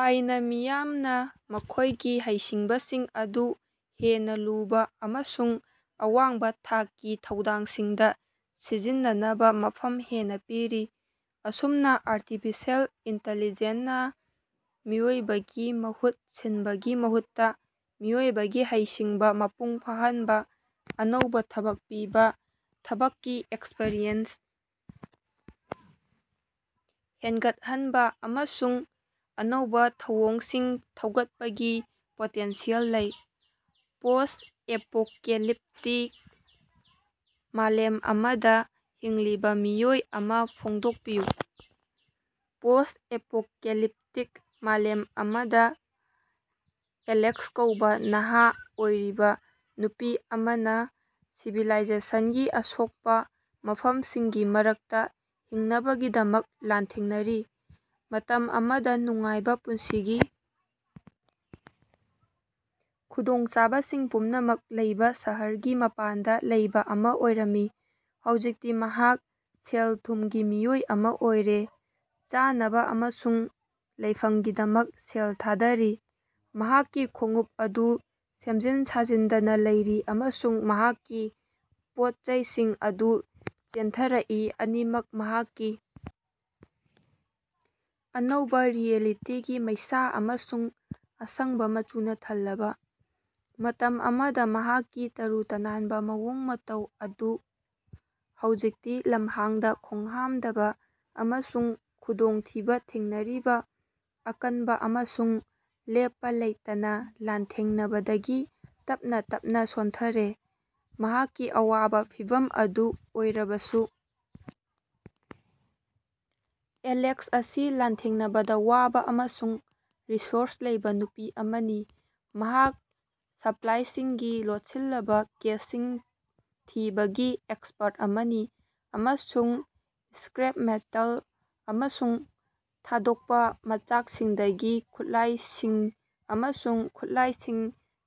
ꯑꯥꯏ. ꯅ ꯃꯤꯌꯥꯝꯅ ꯃꯈꯣꯏꯒꯤ ꯍꯩꯁꯤꯡꯕꯁꯤꯡ ꯑꯗꯨ ꯍꯦꯟꯅ ꯂꯨꯕ ꯑꯃꯁꯨꯡ ꯑꯋꯥꯡꯕ ꯊꯥꯛꯀꯤ ꯊꯧꯗꯥꯡꯁꯤꯡꯗ ꯁꯤꯖꯤꯟꯅꯅꯕ ꯃꯐꯝ ꯍꯦꯟꯅ ꯄꯤꯔꯤ꯫ ꯑꯁꯨꯝꯅ ꯑꯥꯔꯇꯤꯐꯤꯁꯦꯜ ꯏꯟꯇꯤꯂꯤꯖꯦꯟ ꯅ ꯃꯤꯑꯣꯏꯕꯒꯤ ꯃꯍꯨꯠ ꯁꯤꯟꯕꯒꯤ ꯃꯍꯨꯠꯇ ꯃꯤꯑꯣꯏꯕꯒꯤ ꯍꯩꯁꯤꯡꯕ ꯃꯄꯨꯡ ꯐꯥꯍꯟꯕ, ꯑꯅꯧꯕ ꯊꯕꯛ ꯄꯤꯕ, ꯊꯕꯛꯀꯤ ꯑꯦꯛꯁꯄ꯭ꯔꯤꯌꯦꯟꯁ ꯍꯦꯟꯒꯠꯍꯟꯕ, ꯑꯃꯁꯨꯡ ꯑꯅꯧꯕ ꯊꯧꯑꯣꯡꯁꯤꯡ ꯊꯧꯒꯠꯄꯒꯤ ꯄꯣꯇꯦꯟꯁꯤꯌꯦꯜ ꯂꯩ꯫ ꯄꯣꯁ-ꯑꯦꯄꯣꯀꯦꯂꯤꯞꯇꯤꯛ ꯃꯥꯂꯦꯝ ꯑꯃꯗ ꯍꯤꯡꯂꯤꯕ ꯃꯤꯑꯣꯏ ꯑꯃ ꯐꯣꯡꯗꯣꯛꯄꯤꯌꯨ꯫ ꯄꯣꯁ-ꯑꯦꯄꯣꯀꯦꯂꯤꯞꯇꯤꯛ ꯃꯥꯂꯦꯝ ꯑꯃꯗ, ꯑꯦꯂꯦꯛꯁ ꯀꯧꯕ ꯅꯍꯥ ꯑꯣꯏꯔꯤꯕ ꯅꯨꯄꯤ ꯑꯃꯅ ꯁꯤꯚꯤꯂꯥꯏꯖꯦꯁꯟꯒꯤ ꯑꯁꯣꯛꯄ ꯃꯐꯝꯁꯤꯡꯒꯤ ꯃꯔꯛꯇ ꯍꯤꯡꯅꯕꯒꯤꯗꯃꯛ ꯂꯥꯟꯊꯦꯡꯅꯔꯤ꯫ ꯃꯇꯝ ꯑꯃꯗ ꯅꯨꯡꯉꯥꯏꯕ ꯄꯨꯟꯁꯤꯒꯤ ꯈꯨꯗꯣꯡꯆꯥꯕꯁꯤꯡ ꯄꯨꯝꯅꯃꯛ ꯂꯩꯕ ꯁꯍꯔꯒꯤ ꯃꯄꯥꯟꯗ ꯂꯩꯕ ꯑꯃ ꯑꯣꯏꯔꯝꯃꯤ, ꯍꯧꯖꯤꯛꯇꯤ ꯃꯍꯥꯛ ꯁꯦꯜ ꯊꯨꯝꯒꯤ ꯃꯤꯑꯣꯏ ꯑꯃ ꯑꯣꯏꯔꯦ, ꯆꯥꯅꯕ ꯑꯃꯁꯨꯡ ꯂꯩꯐꯝꯒꯤꯗꯃꯛ ꯁꯦꯜ ꯊꯥꯗꯔꯤ꯫ ꯃꯍꯥꯛꯀꯤ ꯈꯣꯡꯎꯞ ꯑꯗꯨ ꯁꯦꯝꯖꯤꯟ ꯁꯥꯖꯤꯟꯗꯅ ꯂꯩꯔꯤ ꯑꯃꯁꯨꯡ ꯃꯍꯥꯛꯀꯤ ꯄꯣꯠꯆꯩꯁꯤꯡ ꯑꯗꯨ ꯆꯦꯟꯊꯔꯛꯏ, ꯑꯅꯤꯃꯛ ꯃꯍꯥꯛꯀꯤ ꯑꯅꯧꯕ ꯔꯤꯑꯦꯂꯤꯇꯤꯒꯤ ꯃꯩꯁꯥ ꯑꯃꯁꯨꯡ ꯑꯁꯪꯕ ꯃꯆꯨꯅ ꯊꯜꯂꯕ꯫ ꯃꯇꯝ ꯑꯃꯗ ꯃꯍꯥꯛꯀꯤ ꯇꯔꯨ ꯇꯅꯥꯟꯕ ꯃꯑꯣꯡ ꯃꯇꯧ ꯑꯗꯨ ꯍꯧꯖꯤꯛꯇꯤ ꯂꯝꯍꯥꯡꯗ ꯈꯣꯡꯍꯥꯝꯗꯕ ꯑꯃꯁꯨꯡ ꯈꯨꯗꯣꯡꯊꯤꯕ ꯊꯦꯡꯅꯔꯤꯕ ꯑꯀꯟꯕ ꯑꯃꯁꯨꯡ ꯂꯦꯞꯄ ꯂꯩꯇꯅ ꯂꯥꯟꯊꯦꯡꯅꯕꯗꯒꯤ ꯇꯞꯅ-ꯇꯞꯅ ꯁꯣꯟꯊꯔꯦ꯫ ꯃꯍꯥꯛꯀꯤ ꯑꯋꯥꯕ ꯐꯤꯚꯝ ꯑꯗꯨ ꯑꯣꯏꯔꯕꯁꯨ, ꯑꯦꯂꯦꯛꯁ ꯑꯁꯤ ꯂꯥꯟꯊꯦꯡꯅꯕꯗ ꯋꯥꯕ ꯑꯃꯁꯨꯡ ꯔꯤꯁꯣꯔꯁ ꯂꯩꯕ ꯅꯨꯄꯤ ꯑꯃꯅꯤ꯫ ꯃꯍꯥꯛ ꯁ꯭ꯄꯂꯥꯏꯁꯤꯡꯒꯤ ꯂꯣꯠꯁꯤꯜꯂꯕ ꯀꯦꯁꯁꯤꯡ ꯊꯤꯕꯒꯤ ꯑꯦꯛꯁꯄꯔꯠ ꯑꯃꯅꯤ, ꯑꯃꯁꯨꯡ ꯁ꯭ꯀꯔꯦꯞ ꯃꯦꯇꯜ ꯑꯃꯁꯨꯡ ꯊꯥꯗꯣꯛꯄ ꯃꯆꯥꯛꯁꯤꯡꯗꯒꯤ ꯈꯨꯠꯂꯥꯏꯁꯤꯡ ꯑꯃꯁꯨꯡ ꯈꯨꯠꯂꯥꯏꯁꯤꯡ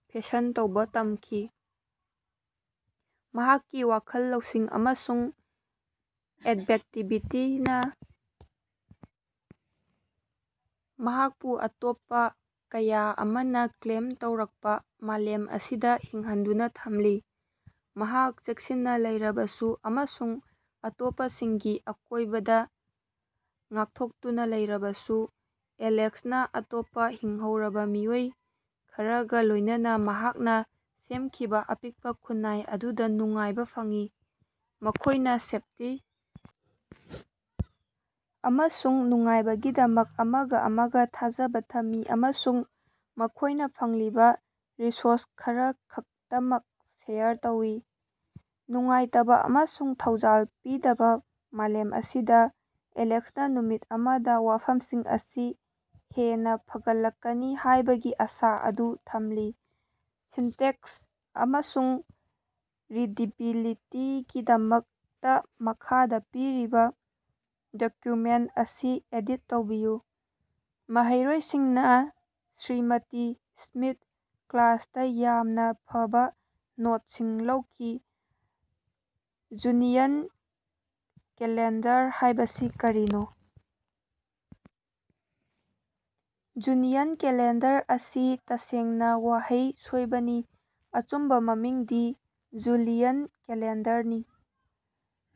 ꯐꯦꯁꯟ ꯇꯧꯕ ꯇꯝꯈꯤ꯫ ꯃꯍꯥꯛꯀꯤ ꯋꯥꯈꯜ ꯂꯧꯁꯤꯡ ꯑꯃꯁꯨꯡ ꯑꯦꯗꯕꯦꯛꯇꯤꯕꯤꯇꯤꯅ ꯃꯍꯥꯛꯄꯨ ꯑꯇꯣꯞꯄ ꯀꯌꯥ ꯑꯃꯅ ꯀ꯭ꯂꯦꯝ ꯇꯧꯔꯛꯄ ꯃꯥꯂꯦꯝ ꯑꯁꯤꯗ ꯍꯤꯡꯍꯟꯗꯨꯅ ꯊꯝꯂꯤ꯫ ꯃꯍꯥꯛ ꯆꯦꯛꯁꯤꯟꯅ ꯂꯩꯔꯕꯁꯨ ꯑꯃꯁꯨꯡ ꯑꯇꯣꯞꯄꯁꯤꯡꯒꯤ ꯑꯀꯣꯏꯕꯗ ꯉꯥꯛꯊꯣꯛꯇꯨꯅ ꯂꯩꯔꯕꯁꯨ, ꯑꯦꯂꯦꯛꯁꯅ ꯑꯇꯣꯞꯄ ꯍꯤꯡꯍꯧꯔꯕ ꯃꯤꯑꯣꯏ ꯈꯔꯒ ꯂꯣꯏꯅꯅ ꯃꯍꯥꯛꯅ ꯁꯦꯝꯈꯤꯕ ꯑꯄꯤꯛꯄ ꯈꯨꯟꯅꯥꯏ ꯑꯗꯨꯗ ꯅꯨꯡꯉꯥꯏꯕ ꯐꯪꯏ꯫ ꯃꯈꯣꯏꯅ ꯁꯦꯐꯇꯤ ꯑꯃꯁꯨꯡ ꯅꯨꯡꯉꯥꯏꯕꯒꯤꯗꯃꯛ ꯑꯃꯒ-ꯑꯃꯒ ꯊꯥꯖꯕ ꯊꯝꯃꯤ, ꯑꯃꯁꯨꯡ ꯃꯈꯣꯏꯅ ꯐꯪꯂꯤꯕ ꯔꯤꯁꯣꯔꯁ ꯈꯔꯈꯛꯇꯃꯛ ꯁꯦꯌꯔ ꯇꯧꯏ꯫ ꯅꯨꯡꯉꯥꯏꯇꯕ ꯑꯃꯁꯨꯡ ꯊꯧꯖꯥꯜ ꯄꯤꯗꯕ ꯃꯥꯂꯦꯝ ꯑꯁꯤꯗ, ꯑꯦꯂꯦꯛꯁꯅ ꯅꯨꯃꯤꯠ ꯑꯃꯗ, ꯋꯥꯐꯝꯁꯤꯡ ꯑꯁꯤ ꯍꯦꯟꯅ ꯐꯒꯠꯂꯛꯀꯅꯤ ꯍꯥꯏꯕꯒꯤ ꯑꯁꯥ ꯑꯗꯨ ꯊꯝꯂꯤ꯫ ꯁꯤꯟꯇꯦꯛꯁ ꯑꯃꯁꯨꯡ ꯔꯤꯗꯤꯕꯤꯂꯤꯇꯤꯒꯤꯗꯃꯛꯇꯥ ꯃꯈꯥꯗ ꯄꯤꯔꯤꯕ ꯗꯣꯀ꯭ꯌꯨꯃꯦꯟꯠ ꯑꯁꯤ ꯑꯦꯗꯤꯠ ꯇꯧꯕꯤꯌꯨ: ꯃꯍꯩꯔꯣꯏꯁꯤꯡꯅ ꯁ꯭ꯔꯤꯃꯇꯤ ꯁ꯭ꯃꯤꯊ ꯀ꯭ꯂꯥꯁꯇꯥ ꯌꯥꯝꯅ ꯐꯕ ꯅꯣꯠꯁꯤꯡ ꯂꯧꯈꯤ꯫ ꯖꯨꯅꯤꯌꯟ ꯀꯦꯂꯦꯟꯗꯔ ꯍꯥꯏꯕꯁꯤ ꯀꯔꯤꯅꯣ? ꯖꯨꯅꯤꯌꯟ ꯀꯦꯂꯦꯟꯗꯔ ꯑꯁꯤ ꯇꯁꯦꯡꯅ ꯋꯥꯍꯩ ꯁꯣꯏꯕꯅꯤ ꯑꯆꯨꯝꯕ ꯃꯃꯤꯡꯗꯤ ꯖꯨꯂꯤꯌꯟ ꯀꯦꯂꯦꯟꯗꯔꯅꯤ꯫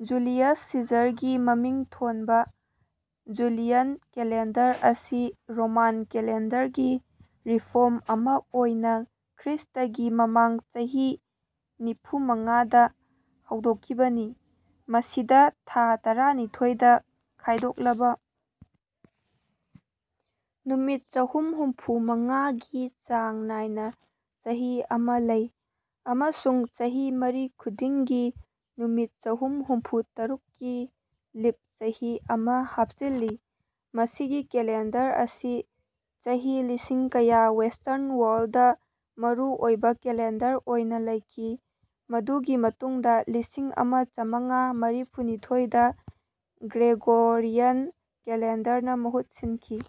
ꯖꯨꯂꯤꯌꯁ ꯁꯤꯖꯔꯒꯤ ꯃꯃꯤꯡ ꯊꯣꯟꯕ ꯖꯨꯂꯤꯌꯟ ꯀꯦꯂꯦꯟꯗꯔ ꯑꯁꯤ ꯔꯣꯃꯥꯟ ꯀꯦꯂꯦꯟꯗꯔꯒꯤ ꯔꯤꯐꯣꯔꯝ ꯑꯃ ꯑꯣꯏꯅ ꯈ꯭ꯔꯤꯁꯇꯒꯤ ꯃꯃꯥꯡ ꯆꯍꯤ ꯅꯤꯐꯨꯃꯉꯥ ꯗ ꯍꯧꯗꯣꯛꯈꯤꯕꯅꯤ꯫ ꯃꯁꯤꯗ ꯊꯥ ꯇꯔꯥꯅꯤꯊꯣꯏ ꯗ ꯈꯥꯏꯗꯣꯛꯂꯕ ꯅꯨꯃꯤꯠ ꯆꯍꯨꯝꯍꯨꯝꯐꯨ-ꯃꯉꯥ ꯒꯤ ꯆꯥꯡ ꯅꯥꯏꯅ ꯆꯍꯤ ꯑꯃ ꯂꯩ, ꯑꯃꯁꯨꯡ ꯆꯍꯤ ꯃꯔꯤ ꯈꯨꯗꯤꯡꯒꯤ ꯅꯨꯃꯤꯠ ꯆꯍꯨꯝꯍꯨꯝꯐꯨ-ꯇꯔꯨꯛ ꯀꯤ ꯂꯤꯞ ꯆꯍꯤ ꯑꯃ ꯍꯥꯞꯆꯤꯟꯂꯤ꯫ ꯃꯁꯤꯒꯤ ꯀꯦꯂꯦꯟꯗꯔ ꯑꯁꯤ ꯆꯍꯤ ꯂꯤꯁꯤꯡ ꯀꯌꯥ ꯋꯦꯁ꯭ꯇꯔꯟ ꯋꯥꯔꯜꯗ ꯃꯔꯨ ꯑꯣꯏꯕ ꯀꯦꯂꯦꯟꯗꯔ ꯑꯣꯏꯅ ꯂꯩꯈꯤ, ꯃꯗꯨꯒꯤ ꯃꯇꯨꯡꯗ ꯂꯤꯁꯤꯡꯑꯃ ꯆꯃꯉꯥ ꯃꯔꯤꯐꯨꯅꯤꯊꯣꯏ ꯗ ꯒ꯭ꯔꯦꯒꯣꯔꯤꯌꯟ ꯀꯦꯂꯦꯟꯗꯔꯅ ꯃꯍꯨꯠ ꯁꯤꯟꯈꯤ꯫